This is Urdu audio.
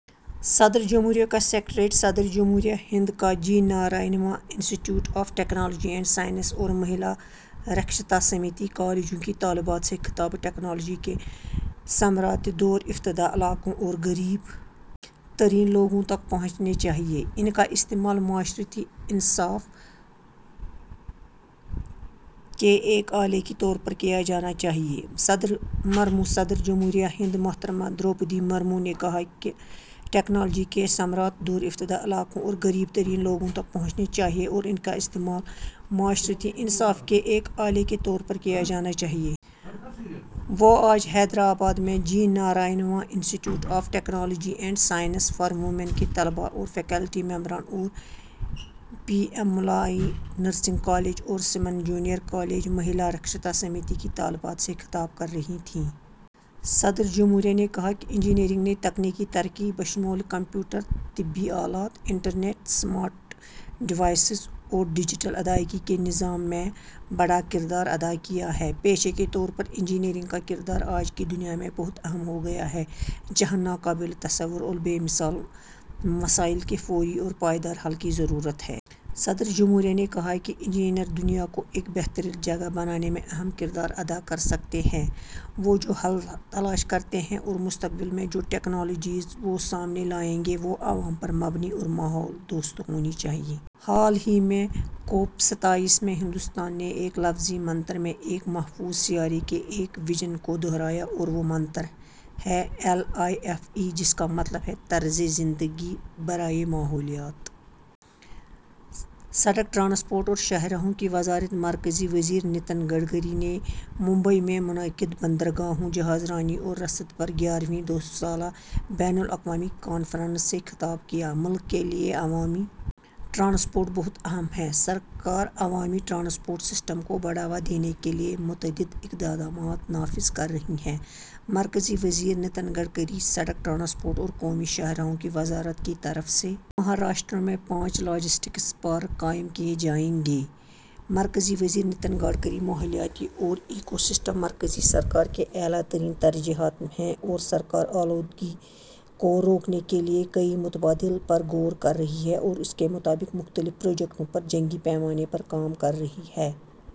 صدر جمہوریہ کا سکریٹریٹ صدر جمہوریہ ہند کا G Narayanamma institute of technology and science اور مہیلا دکشتا سمیتی کالجوں کی طالبات سے خطاب ٹیکنالوجی کے ثمرات دور افتادہ علاقوں اور غریب ترین لوگوں تک پہنچنے چاہئیں؛ ان کا استعمال معاشرتی انصاف کے ایک آلے کے طور پر کیا جانا چاہیے: صدر مرمو صدر جمہوریہ ہند محترمہ دروپدی مرمو نے کہا ہے کہ ٹیکنالوجی کے ثمرات دور افتادہ علاقوں اور غریب ترین لوگوں تک پہنچنے چاہئیں اور ان کا استعمال معاشرتی انصاف کے ایک آلے کے طور پر کیا جانا چاہیے۔ وہ آج حیدرآباد میں G Narayanamma institute of technology and science for women کے طلباء اور فیکلٹی ممبران اور B M Malani nursing college اور سمن جونیئر کالج مہیلا دکشتا سمیتی کی طالبات سے خطاب کر رہی تھیں۔ صدر جمہوریہ نے کہا کہ انجینئرنگ نے تکنیکی ترقی، بشمول کمپیوٹر، طبی آلات، انٹرنیٹ، اسمارٹ ڈیوائسز اور ڈیجیٹل ادائیگی کے نظام، میں بڑا کردار ادا کیا ہے۔ پیشے کے طور پر انجینئرنگ کا کردار آج کی دنیا میں بہت اہم ہو گیا ہے، جہاں ناقابل تصور اور بے مثال مسائل کے فوری اور پائیدار حل کی ضرورت ہے۔ صدر جمہوریہ نے کہا کہ انجینئر دنیا کو ایک بہتر جگہ بنانے میں اہم کردار ادا کر سکتے ہیں۔ وہ جو حل تلاش کرتے ہیں اور مستقبل میں جو ٹیکنالوجیز وہ سامنے لائیں گے، وہ عوام پر مبنی اور ماحول دوست ہونی چاہئیں۔ حال ہی میں کوپ ستائیس میں ہندوستان نے ایک لفظی منتر میں ایک محفوظ سیارے کے اپنے وژن کو دہرایا اور وہ منتر ہے ایل آئی ایف ای، جس کا مطلب ہے طرز زندگی برائے ماحولیات۔ سڑک ٹرانسپورٹ اور شاہراہوں کی وزارت مرکزی وزیر نتن گڈکری نے ممبئی میں منعقد بندرگاہوں، جہاز رانی اور رسد پر گیارہویں دو سالہ بین الاقوامی کانفرنس سے خطاب کیا۔ ملک کے لیے عوامی ٹرانسپورٹ بہت اہم ہے؛ سرکار عوامی ٹرانسپورٹ سسٹم کو بڑھاوا دینے کے لیے متعدد اقدامات نافذ کر رہی ہے: مرکزی وزیر نتن گڈکری سڑک ٹرانسپورٹ اور قومی شاہراہوں کی وزارت کی طرف سے مہاراشٹر میں پانچ لاجسٹکس پارک قائم کیے جائیں گے: مرکزی وزیر نتن گڈکری "ماحولیات اور ایکو سسٹم مرکزی سرکار کی اعلیٰ ترجیحات ہیں اور سرکار آلودگی کو روکنے کے لیے کئی متبادل پر غور کر رہی ہے اور اس کے مطابق مختلف پروجیکٹوں پر جنگی پیمانے پر کام کر رہی ہے۔"